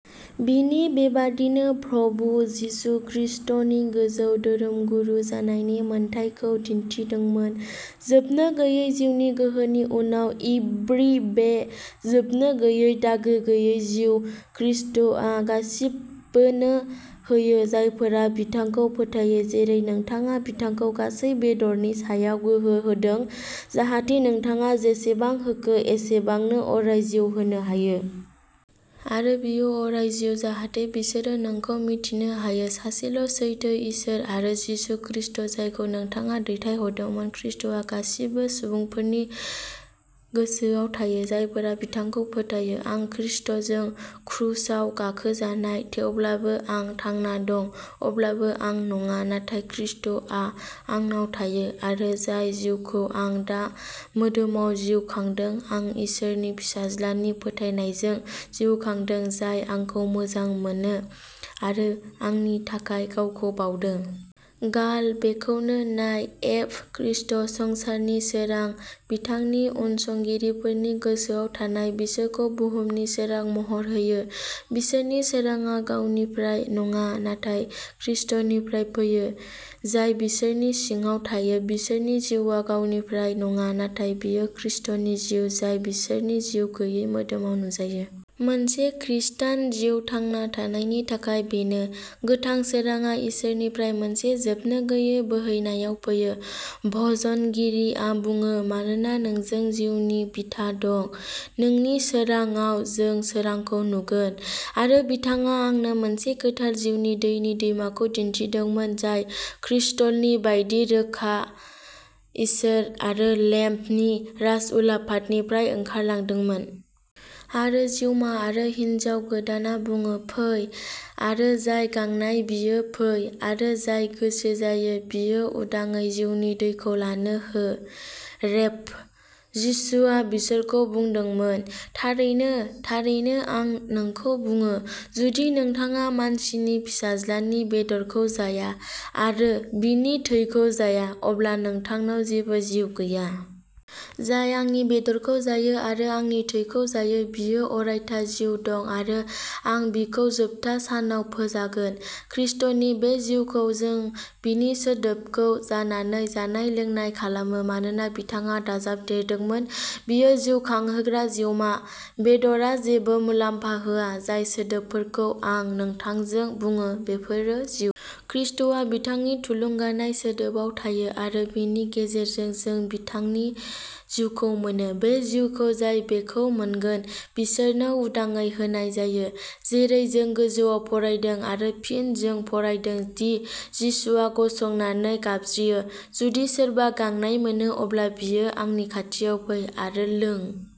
बिनि। बेबादिनो प्रभु यीशु ख्रीष्टनि गोजौ धोरोमगुरु जानायनि मोनथायखौ दिन्थिदोंमोन" जोबनो गैयै जिउनि गोहोनि उनाव। "इब्री. बे जोबनो गैयै, दागो गैयै जिउ खृष्टआ गासिबोनो होयो जायफोरा बिथांखौ फोथायो।" जेरै नोंथाङा बिथांखौ गासै बेदरनि सायाव गोहो होदों, जाहाथे नोंथाङा जेसेबां होखो एसेबांनो अराय जिउ होनो हायो। आरो बेयो अराय जिउ, जाहाथे बिसोरो नोंखौ मिथिनो हायो, सासेल'सैथो इसोर आरो जिसु ख्रीष्ट जायखौ नोंथाङा दैथायहरदोंमोन। ख्रीष्टआ गासिबो सुबुंफोरनि गोसोआव थायो जायफोरा बिथांखौ फोथायो।" आं खृष्टजों क्रुसाव गाखोजानाय; थेवब्लाबो आं थांना दं; अब्लाबो आं नङा, नाथाय खृष्टआ आंनाव थायो; आरो जाय जिउखौ आं दा मोदोमाव जिउ खांदों आं इसोरनि फिसाज्लानि फोथायनायजों जिउ खांदों जाय आंखौ मोजां मोनो, आरो आंनि थाखाय गावखौ बाउदों। "गाल. बेखौबो नाय एफ. ख्रीष्ट, संसारनि सोरां, बिथांनि उनसंगिरिफोरनि गोसोयाव थानाय, बिसोरखौ बुहुमनि सोरां महर होयो। बिसोरनि सोरांआ गावनिफ्राय नङा, नाथाय ख्रीष्टनिफ्राय फैयो, जाय बिसोरनि सिङाव थायो। बिसोरनि जिउआ गावनिफ्राय नङा, नाथाय बेयो ख्रीष्टनि जिउ जाय बिसोरनि जिउ गैयै मोदोमाव नुजायो। "मोनसे खृष्टान जिउ" थांना थानायनि थाखाय बेनो। गोथां सोरांआ इसोरनिफ्राय मोनसे जोबनोगैयै बोहैनायाव फैयो। भजनगिरिआ बुङोः "मानोना नोंजों जिउनि बिथा दं; नोंनि सोरांङाव जों सोरांखौ नुगोन।" "आरो बिथाङा आंनो मोनसे गोथार जिउनि दैनि दैमाखौ दिन्थिदोंमोन, जाय क्रिस्टलनि बायदि रोखा, इसोर आरो लेम्बनि राजउलाफादनिफ्राय ओंखारलांदोंमोन।" "आरो जिउमा आरो हिन्जाव गोदानआ बुङो, फै। आरो जाय गांनाय, बियो फै। आरो जाय गोसो जायो, बियो उदांयै जिउनि दैखौ लानो हो।" "रेभ. जिसुआ बिसोरखौ बुंदोंमोन, थारैनो, थारैनो आं नोंखौ बुङो, जुदि नोंथाङा मानसिनि फिसाज्लानि बेदरखौ जाया आरो बिनि थैखौ जाया, अब्ला नोंथांनाव जेबो जिउ गैया। जाय आंनि बेदरखौ जायो आरो आंनि थैखौ जायो, बियो अरायथा जिउ दं; आरो आं बिखौ जोबथा सानाव फोजागोन। ख्रीष्टनि बे जिउखौ जों बिनि सोदोबखौ जानानै जानाय-लोंनाय खालामो, मानोना बिथाङा दाजाबदेरदोंमोन," बेयो जिउखांहोग्रा जिउमा; बेदरआ जेबो मुलाम्फा होआ; जाय सोदोबफोरखौ आं नोंथांजों बुङो, बेफोरो जिउ। ख्रीष्टआ बिथांनि थुलुंगानाय सोदोबआव थायो, आरो बेनि गेजेरजों जों बिथांनि जिउखौ मोनो। बे जिउखौ जाय बेखौ मोनगोन, बिसोरनो उदांयै होनाय जायो, जेरै जों गोजौआव फरायदों; आरो फिन जों फरायदों दि जिसुआ गसंनानै गाबज्रियो," जुदि सोरबा गांनाय मोनो, अब्ला बियो आंनि खाथियाव फै आरो लों।